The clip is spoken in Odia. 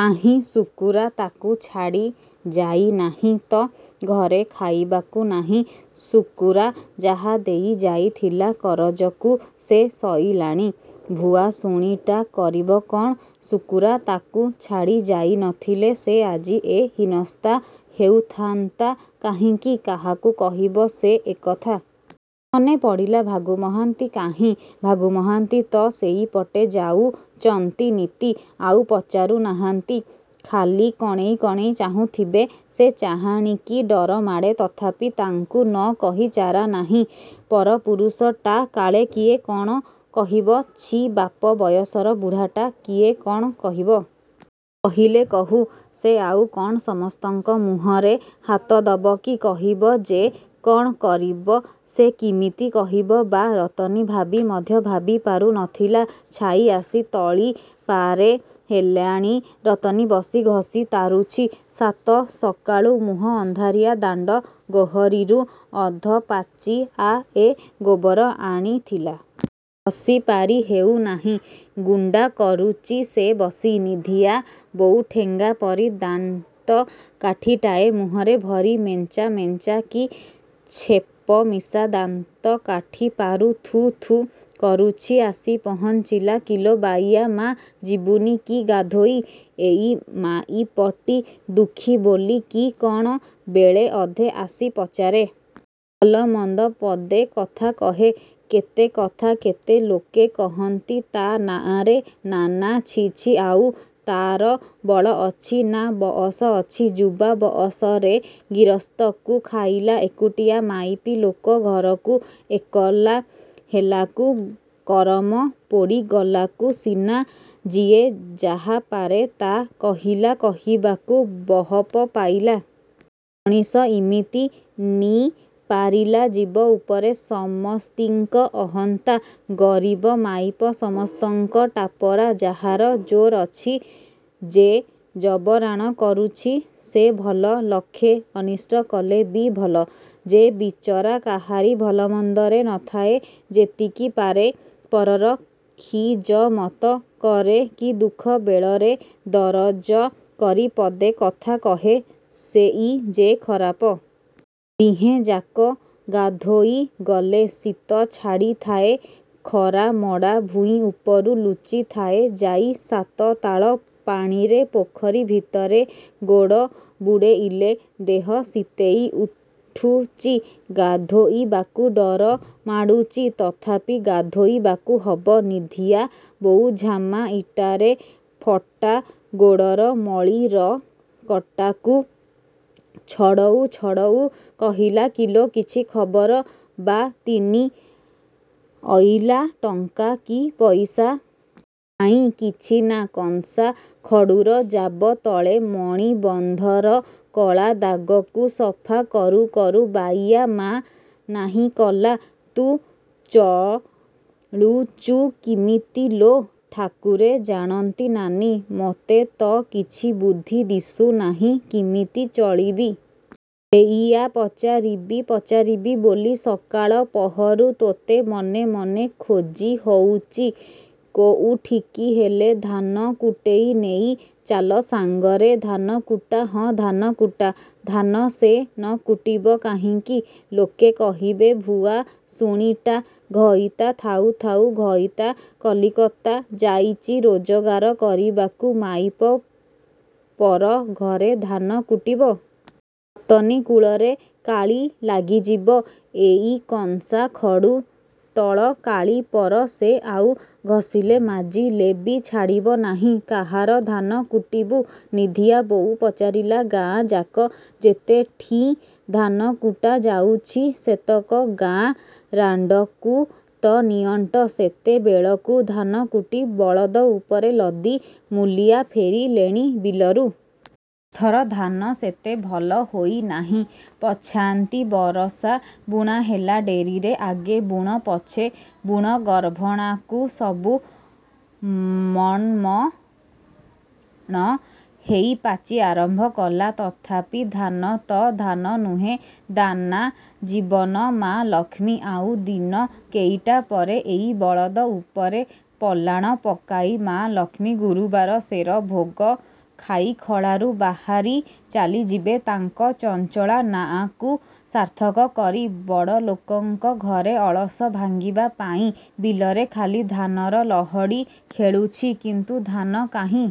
କାହିଁ ଶୁକୁରା ତାକୁ ଛାଡ଼ି ଯାଇନାହିଁ ତ ଘରେ ଖାଇବାକୁ ନାହିଁ। ଶୁକୁରା ଯାହା ଦେଇ ଯାଇଥିଲା କରଜକୁ, ସେ ସଇଲାଣି। ଭୁଆସୁଣୀଟା କରିବ କ'ଣ? ଶୁକୁରା ତାକୁ ଛାଡ଼ି ଯାଇ ନଥିଲେ, ସେ ଆଜି ଏ ହୀନସ୍ତା ହେଉଥାନ୍ତା କାହିଁକି? କାହାକୁ କହିବ ସେ ଏକଥା। ମନେ ପଡ଼ିଲା ଭାଗୁ ମହାନ୍ତି କାହିଁ? ଭାଗୁ ମହାନ୍ତି ତ ସେଇପଟେ ଯାଉଚନ୍ତି ନିତି ଆଉ ପଚାରୁ ନାହାନ୍ତି। ଖାଲି କଣେଇ କଣେଇ ଚାହୁଁଥିବେ। ସେ ଚାହାଣିକି ଡରମାଡ଼େ। ତଥାପି ତାଙ୍କୁ ନକହି ଚାରା ନାହିଁ। ପରପୁରୁଷଟା କାଳେ କିଏ କ'ଣ କହିବ। ଛି ବାପ ବୟସର ବୁଢ଼ାଟା କିଏ କଣ କହିବ? କହିଲେ କହୁ। ସେ ଆଉ କଣ ସମସ୍ତଙ୍କ ମୁହଁରେ ହାତ ଦବକି? କହିବ ଯେ କଣ କରିବ ସେ କିମିତି କହିବ ବା ରତନୀ ଭାବି ମଧ୍ୟ ଭାବିପାରୁ ନଥିଲା। ଛାଇ ଆସି ତଳିପାରେ ହେଲାଣି। ରତନୀ ବସି ଘଷି ତାରୁଛି। ସାତ ସକାଳୁ ମୁହଁ ଅନ୍ଧାରିଆ ଦାଣ୍ଡ ଗୋହରିରୁ ଅଧ ପାଚିଆଏ ଗୋବର ଆଣିଥିଲା। ଘଷିପାରି ହେଉନାହିଁ ଗୁଣ୍ଡା କରୁଚି ସେ ବସି ନିଧିଆ ବୋଉ ଠେଙ୍ଗାପରି ଦାନ୍ତ କାଠିଟାଏ ମୁହଁରେ ଭରି ମେଞ୍ଚା ମେଞ୍ଚା କି ଛେପମିଶା ଦାନ୍ତକାଠି ପାରୁ ଥୁ ଥୁ କରୁଛି ଆସି ପହଞ୍ଚିଲା କିଲୋ ବାଇଆ ମା ଯିବୁନି କି ଗାଧୋଇ? ଏଇ ମାଇପଟି ଦୁଃଖୀ ବୋଲି କି କଣ ବେଳେ ଅଧେ ଆସି ପଚାରେ। ଭଲମନ୍ଦ ପଦେ କଥା କହେ। କେତେ କଥା କେତେ ଲୋକେ କହନ୍ତି ତା ନାଆଁରେ ନା ନା ଛି ଛି ଆଉ ତାର ବଳଅଛି ନା ବଅସ ଅଛି। ଯୁବା ବଅସରେ ଗିରସ୍ତକୁ ଖାଇଲା। ଏକୁଟିଆ ମାଇପି ଲୋକ ଘରକୁ ଏକଲା ହେଲାକୁ କରମ ପୋଡ଼ିଗଲାକୁ ସିନା ଯିଏ ଯାହାପାରେ ତା କହିଲା କହିବାକୁ ବହପ ପାଇଲା। ମଣିଷ ଇମିତି। ନିପାରିଲା ଜୀବ ଉପରେ ସମସ୍ତିଙ୍କ ଅହନ୍ତା। ଗରିବ ମାଇପ ସମସ୍ତଙ୍କ ଟାପରା। ଯାହାର ଜୋର୍ ଅଛି ଯେ ଜବରାଣ କରୁଛି ସେ ଭଲ ଲକ୍ଷେ ଅନିଷ୍ଟ କଲେବି ଭଲ। ଯେ ବିଚରା କାହାରି ଭଲମନ୍ଦରେ ନଥାଏ ଯେତିକି ପାରେ ପରର ଖିଜମତ କରେ କି ଦୁଃଖ ବେଳରେ ଦରଜ କରି ପଦେ କଥା କହେ ସେଇ ଯେ ଖରାପ। ଦିହେଁଯାକ ଗାଧୋଇ ଗଲେ। ଶୀତ ଛାଡ଼ିଥାଏ ଖରାମଡ଼ା ଭୂଇଁଉପରୁ ଲୁଚିଥାଏ ଯାଇ ସାତ ତାଳ ପାଣିରେ ପୋଖରୀ ଭିତରେ ଗୋଡ଼ ବୁଡ଼େଇଲେ ଦେହ ଶୀତେଇ ଉଠୁଚି। ଗାଧୋଇବାକୁ ଡରମାଡ଼ୁଚି ତଥାପି ଗାଧୋଇବାକୁ ହବ। ନିଧିଆ ବୋଉ ଝାମା ଇଟାରେ ଫଟା ଗୋଡ଼ର ମଳି ରକଟାକୁ ଛଡ଼ଉ ଛଡ଼ଉ କହିଲା କିଲୋ କିଛି ଖବର ବାତିନି ଅଇଲା ଟଙ୍କା କି ପଇସା? କାଇଁ କିଛି ନା କଂସା ଖଡ଼ୁର ଜାବ ତଳେ ମଣିବନ୍ଧର କଳା ଦାଗକୁ ସଫା କରୁ କରୁ ବାଇୟା ମା ନାହିଁ କଲା। ତୁ ଚଳୁଚୁ କିମିତି ଲୋ?ଠାକୁରେ ଜାଣନ୍ତି ନାନୀ ମୋତେ ତ କିଛି ବୁଦ୍ଧି ଦିଶୁନାହିଁ କିମିତି ଚଳିବି। ସେଇଆ ପଚାରିବି ପଚାରିବି ବୋଲି ସକାଳ ପହରୁ ତୋତେ ମନେ ମନେ ଖୋଜି ହଉଚି। କୋଉଠିକି ହେଲେ ଧାନକୁଟେଇ ନେଇ ଚାଲ ସାଙ୍ଗରେ। ଧାନକୁଟା ହଁ ଧାନକୁଟା। ଧାନ ସେ ନକୁଟିବ କାହିଁକି? ଲୋକେ କହିବେ ଭୁଆସୁଣୀଟା, ଘଇତା ଥାଉ ଥାଉ, ଘଇତା କଲିକତା ଯାଇଚି ରୋଜଗାର କରିବାକୁ ମାଇପ ପର ଘରେ ଧାନକୁଟିବ। ରତନୀ କୁଳରେ କାଳି ଲାଗିଯିବ। ଏଇ କଂସା ଖଡ଼ୁ ତଳ କାଳିପର ସେ ଆଉ ଘସିଲେ ମାଜିଲେବି ଛାଡ଼ିବ ନାହିଁ। କାହାର ଧାନ କୁଟିବୁ? ନିଧିଆ ବୋଉ ପଚାରିଲା ଗାଁଯାକ ଯେତେଠିଁ ଧାନକୁଟା ଯାଉଚି ସେତକ ଗାଁ ରାଣ୍ଡକୁ ତ ନିଅଣ୍ଟ। ସେତେବେଳକୁ ଧାନକୁଟି ବଳଦ ଉପରେ ଲଦି ମୂଲିଆ ଫେରିଲେଣି ବିଲରୁ। ଏଥର ଧାନ ସେତେ ଭଲ ହୋଇ ନାହିଁ ପଛାନ୍ତି ବରଷା ବୁଣା ହେଲା ଡେରିରେ। ଆଗେ ବୁଣ ପଛେ ବୁଣ ଗର୍ଭଣାକୁ ସବୁ ମନନ୍ ହେଇ ପାଚି ଆରମ୍ଭ କଲା। ତଥାପି ଧାନ ତ ଧାନନୁହେଁ ଦାନା ଜୀବନ ମା ଲକ୍ଷ୍ମୀ। ଆଉ ଦିନ କେଇଟା ପରେ ଏଇ ବଳଦ ଉପରେ ପଲାଣ ପକାଇ ମା ଲକ୍ଷ୍ମୀ ଗୁରୁବାର ସେର ଭୋଗ ଖାଇ ଖଳାରୁ ବାହାରି ଚାଲିଯିବେ ତାଙ୍କ ଚଞ୍ଚଳା ନାଆଁକୁ ସାର୍ଥକ କରି ବଡ଼ଲୋକଙ୍କ ଘରେ ଅଳସ ଭାଙ୍ଗିବାପାଇଁ। ବିଲରେ ଖାଲି ଧାନର ଲହଡ଼ି ଖେଳୁଛି କିନ୍ତୁ ଧାନ କାହିଁ?